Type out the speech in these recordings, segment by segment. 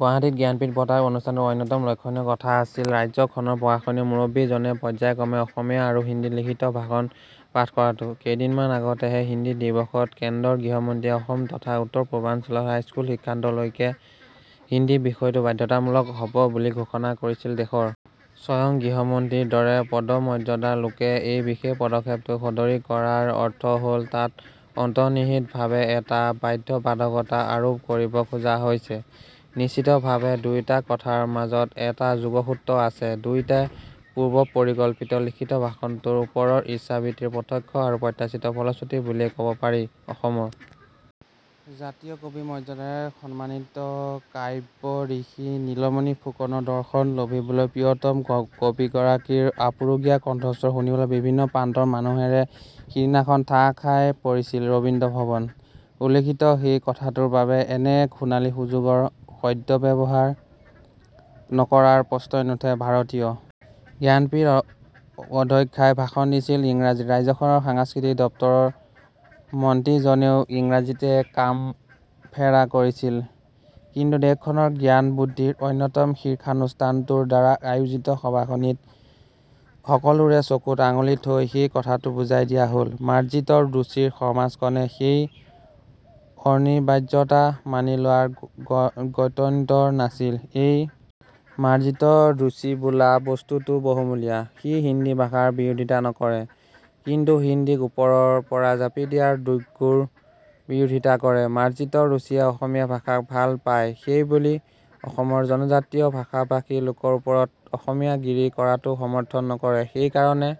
গুৱাহাটীত জ্ঞানপীঠ বঁটাৰ অনুষ্ঠানটোৰ অন্যতম লক্ষ্যণীয় কথা আছিল ৰাজ্যখনৰ প্ৰশাসনীয় মুৰব্বীজনে পৰ্যায়ক্ৰমে অসমীয়া আৰু হিন্দীত লিখিত ভাষণ পাঠ কৰাটো। কেইদিনমান আগতেহে হিন্দী দিৱসত কেন্দ্ৰৰ গৃহমন্ত্ৰীয়ে অসম তথা উত্তৰপূৰ্বাঞ্চলত হাইস্কুল শিক্ষান্তলৈকে হিন্দী বিষয়টো বাধ্যতামূলক হ'ব বুলি ঘোষণা কৰিছিল। দেশৰ স্বয়ং গৃহমন্ত্ৰীৰ দৰে পদমৰ্যাদাৰ লোকে এই বিশেষ পদক্ষেপটো সদৰী কৰাৰ অৰ্থ হ'ল তাত অন্তৰ্নিহিতভাৱে এটা বাধ্যবাধকতা আৰোপ কৰিব খোজা হৈছে। নিশ্চিতভাৱে দুয়োটা কথাৰ মাজত এটা যোগসূত্ৰ আছে। দুয়োটাই পূৰ্বপৰিকল্পিত লিখিত ভাষণটো ওপৰৰ ইচ্ছাবৃত্তিৰ প্ৰত্যক্ষ আৰু প্ৰত্যাশিত ফলশ্ৰুতি বুলিয়ে কব পাৰি। অসমৰ জাতীয় কবি মৰ্যাদাৰে সন্মানিত কাব্যঋষি নীলমণি ফুকনৰ দৰ্শন লভিবলৈ প্ৰিয়তম কবিগৰাকীৰ আপুৰুগীয়া কণ্ঠস্বৰ শুনিবলৈ বিভিন্ন প্ৰান্তৰ মানুহেৰে সিদিনাখন ঠাহ খাই পৰিছিল ৰবীন্দ্ৰ ভৱন। উল্লিখিত সেই কথাটোৰ বাবে এনে এক সোণালী সুযোগৰ সদ্ব্যৱহাৰ নকৰাৰ প্ৰশ্নই নুঠে। ভাৰতীয় জ্ঞানপীঠ অধ্যক্ষাই ভাষণ দিছিল ইংৰাজীত। ৰাজ্যখনৰ সাংস্কৃতিক দপ্তৰৰ মন্ত্ৰীজনেও ইংৰাজীতে কামফেৰা কৰিছিল। কিন্তু দেশখনৰ জ্ঞানবুদ্ধিৰ অন্যতম শীৰ্ষানুষ্ঠানটোৰ দ্বাৰা আয়োজিত সভাখনিত সকলোৰে চকুত আঙুলি থৈ সেই কথাটো বুজাই দিয়া হ'ল। মাৰ্জিত ৰুচিৰ সমাজখনে সেই অনিবাৰ্যতা মানি লোৱাৰ গত্যন্তৰ নাছিল। এই মাৰ্জিত ৰুচি বোলা বস্তুটো বহুমূলীয়া। সি হিন্দী ভাষাৰ বিৰোধিতা নকৰে, কিন্তু হিন্দীক ওপৰৰ পৰা জাপি দিয়াৰ দুৰ্ঘোৰ বিৰোধিতা কৰে। মাৰ্জিত ৰুচিয়ে অসমীয়া ভাষাক ভাল পায়, সেইবুলি অসমৰ জনজাতীয় ভাষা-ভাষী লোকৰ ওপৰত অসমীয়াগিৰি কৰাটো সমৰ্থন নকৰে। সেইকাৰণে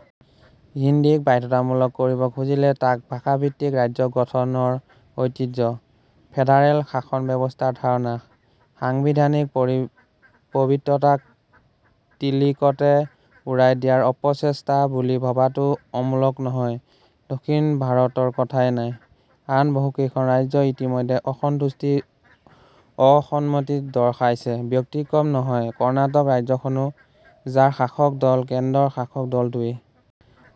হিন্দীক বাধ্যতামূলক কৰিব খুজিলে তাক ভাষাভিত্তিক ৰাজ্য গঠনৰ ঐতিহ্য, ফেডাৰেল শাসনব্যৱস্থাৰ ধাৰণা, সাংবিধানিক পবিত্ৰতাক টিলিকতে উৰাই দিয়াৰ অপচেষ্টা বুলি ভবাটো অমূলক নহয়। দক্ষিণ ভাৰতৰ কথাই নাই, আন বহুকেইখন ৰাজ্যই ইতিমধ্যে অসন্তুষ্টি, অসন্মতি দৰ্শাইছে। ব্যতিক্ৰম নহয় কৰ্ণাটক ৰাজ্যখনো, যাৰ শাসক দল কেন্দ্ৰৰ শাসক দলটোৱেই।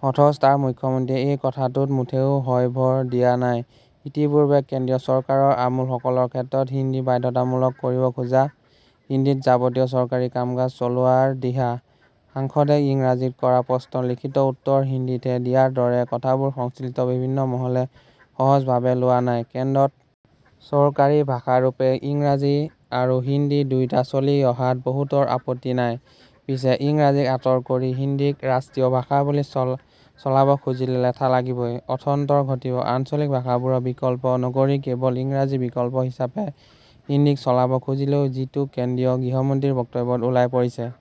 অথচ তাৰ মুখ্যমন্ত্ৰীয়ে এই কথাটোত মুঠেও হয়ভৰ দিয়া নাই। ইতিপূৰ্বে কেন্দ্ৰীয় চৰকাৰৰ আমোলাসকলৰ ক্ষেত্ৰত হিন্দী বাধ্যতামূলক কৰিব খোজা, হিন্দীত যাৱতীয় চৰকাৰী কামকাজ চলোৱাৰ দিহা, সাংসদে ইংৰাজীত কৰা প্ৰশ্নৰ লিখিত উত্তৰ হিন্দীতহে দিয়াৰ দৰে কথাবোৰ সংশ্লিষ্ট বিভিন্ন মহলে সহজভাৱে লোৱা নাই। কেন্দ্ৰত চৰকাৰী ভাষাৰূপে ইংৰাজী আৰু হিন্দী দুয়োটা চলি অহাত বহুতৰ আপত্তি নাই। পিছে ইংৰাজীক আঁতৰ কৰি হিন্দীক ৰাষ্ট্ৰীয় ভাষা বুলি চলাব খুজিলে লেঠা লাগিবই। অথন্তৰ ঘটিব আঞ্চলিক ভাষাবোৰৰ বিকল্প নকৰি কেৱল ইংৰাজীৰ বিকল্প হিচাপে হিন্দীক চলাব খুজিলেও, যিটো কেন্দ্ৰীয় গৃহমন্ত্ৰীৰ বক্তব্যত ওলাই পৰিছে।